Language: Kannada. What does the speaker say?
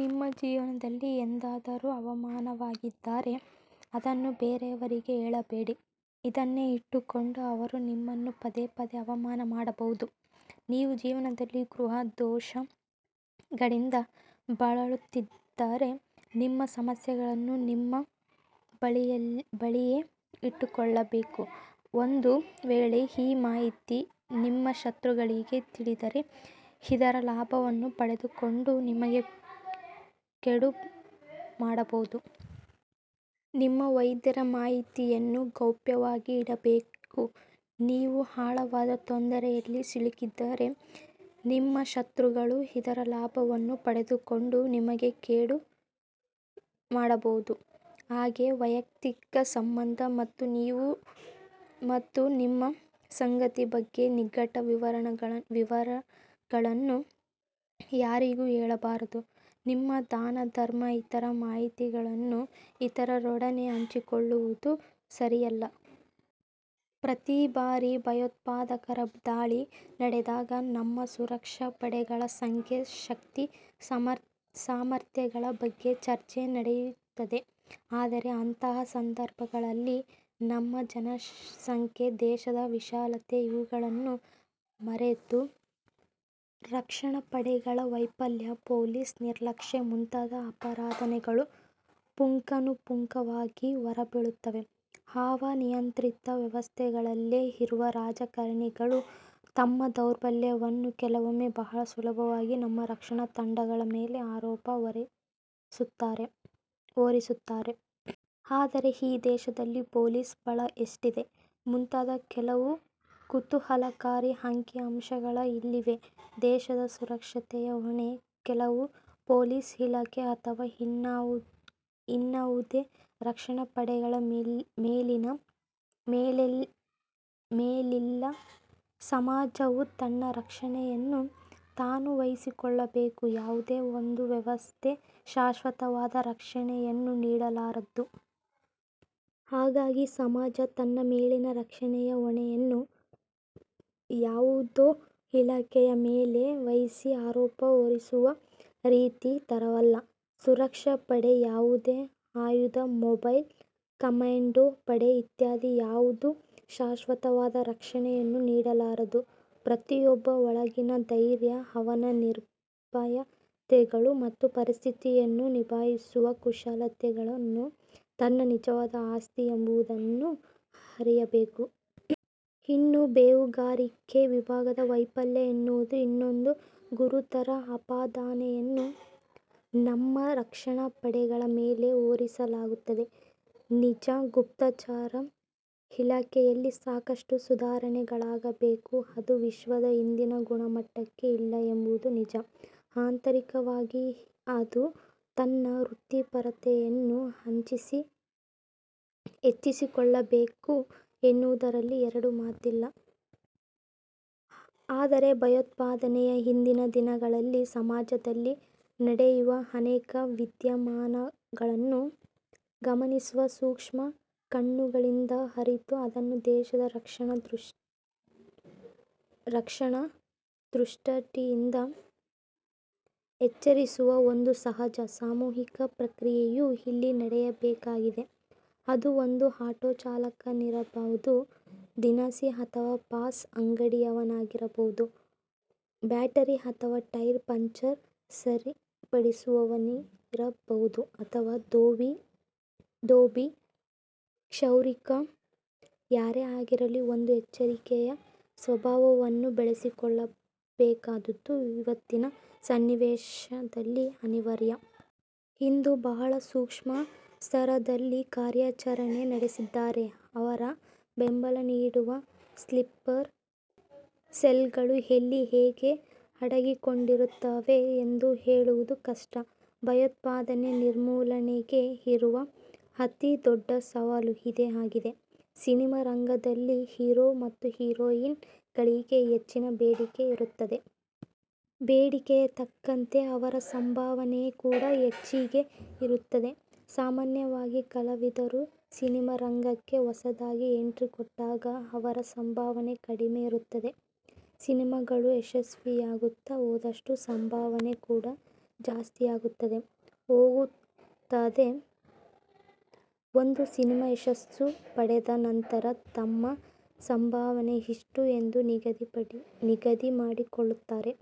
ನಿಮ್ಮ ಜೀವನದಲ್ಲಿ ಎಂದಾದರೂ ಅವಮಾನವಾಗಿದ್ದರೆ ಅದನ್ನು ಬೇರೆಯವರಿಗೆ ಹೇಳಬೇಡಿ. ಇದನ್ನೇ ಇಟ್ಟುಕೊಂಡು ಅವರು ನಿಮ್ಮನ್ನ ಪದೇ ಪದೇ ಅವಮಾನ ಮಾಡಬಹುದು. ನೀವು ಜೀವನದಲ್ಲಿ ಗೃಹ ದೋಷಗಳಿಂದ ಬಳಲುತ್ತಿದ್ದರೆ ನಿಮ್ಮ ಸಮಸ್ಯೆಗಳನ್ನು ನಿಮ್ಮ ಬಳಿಯೇ ಇಟ್ಟುಕೊಳ್ಳಬೇಕು ಒಂದು ವೇಳೆ ಈ ಮಾಹಿತಿ ನಿಮ್ಮ ಶತ್ರುಗಳಿಗೆ ತಿಳಿದರೆ ಇದರ ಲಾಭವನ್ನು ಪಡೆದುಕೊಂಡು ನಿಮಗೆ ಕೇಡು ಮಾಡಬಹುದು. ನಿಮ್ಮ ವೈದ್ಯರ ಮಾಹಿತಿಯನ್ನು ಗೌಪ್ಯವಾಗಿ ಇಡಬೇಕು, ನೀವು ಆಳವಾದ ತೊಂದರೆಯಲ್ಲಿ ಸಿಲುಕಿದ್ದರೆ ನಿಮ್ಮ ಶತ್ರುಗಳು ಇದರ ಲಾಭವನ್ನು ಪಡೆದುಕೊಂಡು ನಿಮಗೆ ಕೇಡು ಮಾಡಬಹುದು. ಹಾಗೇ ವೈಯಕ್ತಿಕ ಸಂಬಂಧ ಮತ್ತು ನೀವು ಮತ್ತು ನಿಮ್ಮ ಸಂಗಾತಿ ಬಗ್ಗೆ ನಿಕಟ ವಿವರಗಳನ್ನು ಯಾರಿಗೂ ಹೇಳಬಾರದು. ನಿಮ್ಮ ದಾನ ಧರ್ಮ ಇತರ ಮಾಹಿತಿಗಳನ್ನು ಇತರರೊಡನೆ ಹಂಚಿಕೊಳ್ಳುವುದು ಸರಿಯಲ್ಲ. ಪ್ರತಿ ಬಾರಿ ಭಯೋತ್ಪಾದಕರ ದಾಳಿ ನಡೆದಾಗ ನಮ್ಮ ಸುರಕ್ಷಾ ಪಡೆಗಳ ಸಂಖ್ಯೆ ಶಕ್ತಿ ಸಾಮರ್ಥ್ಯಗಳ ಬಗ್ಗೆ ಚರ್ಚೆ ನಡೆಯುತ್ತದೆ. ಆದರೆ ಅಂತಹ ಸಂದರ್ಭಗಳಲ್ಲಿ ನಮ್ಮ ಜನಸಂಖ್ಯೆ, ದೇಶದ ವಿಶಾಲತೆ ಇವುಗಳನ್ನು ಮರೆತು ರಕ್ಷಣಾ ಪಡೆಗಳ ವೈಫಲ್ಯ, ಪೊಲೀಸ್ ನಿರ್ಲಕ್ಷ್ಯ ಮುಂತಾದ ಆಪಾದನೆಗಳು ಪುಂಖಾನುಪುಂಖವಾಗಿ ಹೊರಬೀಳುತ್ತವೆ. ಹವಾ ನಿಯಂತ್ರಿತ ವ್ಯವಸ್ಥೆಗಳಲ್ಲೆ ಇರುವ ರಾಜಕಾರಣಿಗಳು ತಮ್ಮ ದೌರ್ಬಲ್ಯವನ್ನು ಕೆಲವೊಮ್ಮೆ ಬಹಳ ಸುಲಭವಾಗಿ ನಮ್ಮ ರಕ್ಷಣಾ ತಂಡಗಳ ಮೇಲೆ ಆರೋಪ ಹೊರಿಸುತ್ತಾರೆ. ಆದರೆ ಈ ದೇಶದಲ್ಲಿ ಪೊಲೀಸ್ ಬಲ ಎಷ್ಟಿದೆ? ಮುಂತಾದ ಕೆಲವು ಕುತೂಹಲಕಾರಿ ಅಂಕಿ ಅಂಶಗಳ ಇಲ್ಲಿವೆ. ದೇಶದ ಸುರಕ್ಷತೆಯ ಹೊಣೆ ಕೇವಲ ಪೊಲೀಸ್ ಇಲಾಖೆ ಅಥವಾ ಇನ್ನಾವುದೇ ರಕ್ಷಣಾಪಡೆಗಳ ಮೇಲಿಲ್ಲ. ಸಮಾಜವು ತನ್ನ ರಕ್ಷಣೆಯನ್ನು ತಾನೂ ವಹಿಸಿಕೊಳ್ಳಬೇಕು. ಯಾವುದೇ ಒಂದು ವ್ಯವಸ್ಥೆ ಶಾಶ್ವತವಾದ ರಕ್ಷಣೆಯನ್ನು ನೀಡಲಾರದು. ಹಾಗಾಗಿ ಸಮಾಜ ತನ್ನ ಮೇಲಿನ ರಕ್ಷಣೆಯ ಹೊಣೆಯನ್ನು ಯಾವುದೋ ಇಲಾಖೆಯ ಮೇಲೆ ವಹಿಸಿ ಆರೋಪ ಹೊರಿಸುವ ರೀತಿ ತರವಲ್ಲ. ಸುರಕ್ಷಾ ಪಡೆ, ಯಾವುದೇ ಆಯುಧ, ಮೊಬೈಲ್, ಕಮ್ಯಾಂಡೋ ಪಡೆ ಇತ್ಯಾದಿ ಯಾವುದೂ ಶಾಶ್ವತವಾದ ರಕ್ಷಣೆಯನ್ನು ನೀಡಲಾರದು. ಪ್ರತಿಯೊಬ್ಬನ ಒಳಗಿನ ಧೈರ್ಯ ಅವನ ನಿರ್ಭಯತೆಗಳು ಮತ್ತು ಪರಿಸ್ಥಿತಿಯನ್ನು ನಿಭಾಯಿಸುವ ಕುಶಲತೆಗಳನ್ನು ತನ್ನ ನಿಜವಾದ ಆಸ್ತಿ ಎಂಬುದನ್ನು ಅರಿಯಬೇಕು. ಇನ್ನು ಬೇಹುಗಾರಿಕೆ ವಿಭಾಗದ ವೈಫಲ್ಯ ಎನ್ನುವುದು ಇನ್ನೊಂದು ಗುರುತರ ಆಪಾದನೆಯನ್ನು ನಮ್ಮ ರಕ್ಷಣಾ ಪಡೆಗಳ ಮೇಲೆ ಹೋರಿಸಲಾಗುತ್ತದೆ. ನಿಜ, ಗುಪ್ತಚರ ಇಲಾಖೆಯಲ್ಲಿ ಸಾಕಷ್ಟು ಸುಧಾರಣೆಗಳಾಗಬೇಕು. ಅದು ವಿಶ್ವದ ಇಂದಿನ ಗುಣಮಟ್ಟಕ್ಕೆ ಇಲ್ಲ ಎಂಬುದು ನಿಜ. ಆಂತರಿಕವಾಗಿ ಅದು ತನ್ನ ವೃತ್ತಿಪರತೆಯನ್ನು ಹೆಚ್ಚಿಸಿಕೊಳ್ಳಬೇಕು ಎನ್ನುವುದರಲ್ಲಿ ಎರಡು ಮಾತಿಲ್ಲ. ಆದರೆ ಭಯೋತ್ಪಾದನೆಯ ಇಂದಿನ ದಿನಗಳಲ್ಲಿ ಸಮಾಜದಲ್ಲಿ ನಡೆಯುವ ಅನೇಕ ವಿದ್ಯಮಾನಗಳನ್ನು ಗಮನಿಸುವ ಸೂಕ್ಷ್ಮ ಕಣ್ಣುಗಳಿಂದ ಅರಿತು ಅದನ್ನು ದೇಶದ ರಕ್ಷಣಾ ದೃಷಟಿಯಿಂದ ಎಚ್ಚರಿಸುವ ಒಂದು ಸಹಜ, ಸಾಮೂಹಿಕ ಪ್ರಕ್ರಿಯೆಯು ಇಲ್ಲಿ ನಡೆಯಬೇಕಾಗಿದೆ. ಅದು ಒಬ್ಬ ಆಟೋ ಚಾಲಕನಿರಬಹುದು, ದಿನಸಿ ಅಥವಾ ಪಾನ್ ಅಂಗಡಿಯವನಾಗಿರಬಹುದು, ಬ್ಯಾಟರಿ ಅಥವಾ ಟೈರ್ ಪಂಚರ್ ಸರಿಪಡಿಸುವವನಿರಬಹುದು ಅಥವಾ ದೋಬಿ, ಕ್ಷೌರಿಕ ಯಾರೇ ಆಗಿರಲಿ ಒಂದು ಎಚ್ಚರಿಕೆಯ ಸ್ವಭಾವವನ್ನು ಬೆಳೆಸಿಕೊಳ್ಳಬೇಕಾದುದು ಇವತ್ತಿನ ಸನ್ನಿವೇಶದಲ್ಲಿ ಅನಿವಾರ್ಯ. ಇಂದು ಬಹಳ ಸೂಕ್ಷ್ಮ ಸ್ತರದಲ್ಲಿ ಕಾರ್ಯಾಚರಣೆ ನಡೆಸಿದ್ದಾರೆ. ಅವರ ಬೆಂಬಲ ನೀಡುವ ಸ್ಲೀಪರ್ ಸೆಲ್ಗಳು ಎಲ್ಲಿ ಹೇಗೆ ಅಡಗಿಕೊಂಡಿರುತ್ತವೆ ಎಂದು ಹೇಳುವುದು ಕಷ್ಟ. ಭಯೋತ್ಪಾದನೆ ನಿರ್ಮೂಲನೆಗೆ ಇರುವ ಅತಿ ದೊಡ್ಡ ಸವಾಲು ಇದೇ ಆಗಿದೆ. ಸಿನಿಮಾ ರಂಗದಲ್ಲಿ ಹೀರೋ ಮತ್ತು ಹೀರೋಯಿನ್ ಗಳಿಗೆ ಹೆಚ್ಚಿನ ಬೇಡಿಕೆ ಇರುತ್ತದೆ. ಬೇಡಿಕೆಗೆ ತಕ್ಕಂತೆ ಅವರ ಸಂಭಾವನೆ ಕೂಡ ಹೆಚ್ಚಾಗಿ ಇರುತ್ತದೆ. ಸಾಮಾನ್ಯವಾಗಿ ಕಲಾವಿದರು ಸಿನಿಮಾರಂಗಕ್ಕೆ ಹೊಸದಾಗಿ ಎಂಟ್ರಿ ಕೊಟ್ಟಾಗ ಅವರ ಸಂಭಾವನೆ ಕಡಿಮೆ ಇರುತ್ತದೆ. ಸಿನಿಮಾಗಳು ಯಶಸ್ವಿಯಾಗುತ್ತಾ ಹೋದಷ್ಟು, ಸಂಭಾವನೆ ಕೂಡ ಜಾಸ್ತಿಯಾಗುತ್ತಾ ಹೋಗುತ್ತದೆ. ಒಂದು ಸಿನಿಮಾ ಯಶಸ್ಸು ಪಡೆದ ನಂತರ ತಮ್ಮ ಸಂಭಾವನೆ ಇಷ್ಟು ಎಂದು ನಿಗದಿಮಾಡಿಕೊಳ್ಳುತ್ತಾರೆ.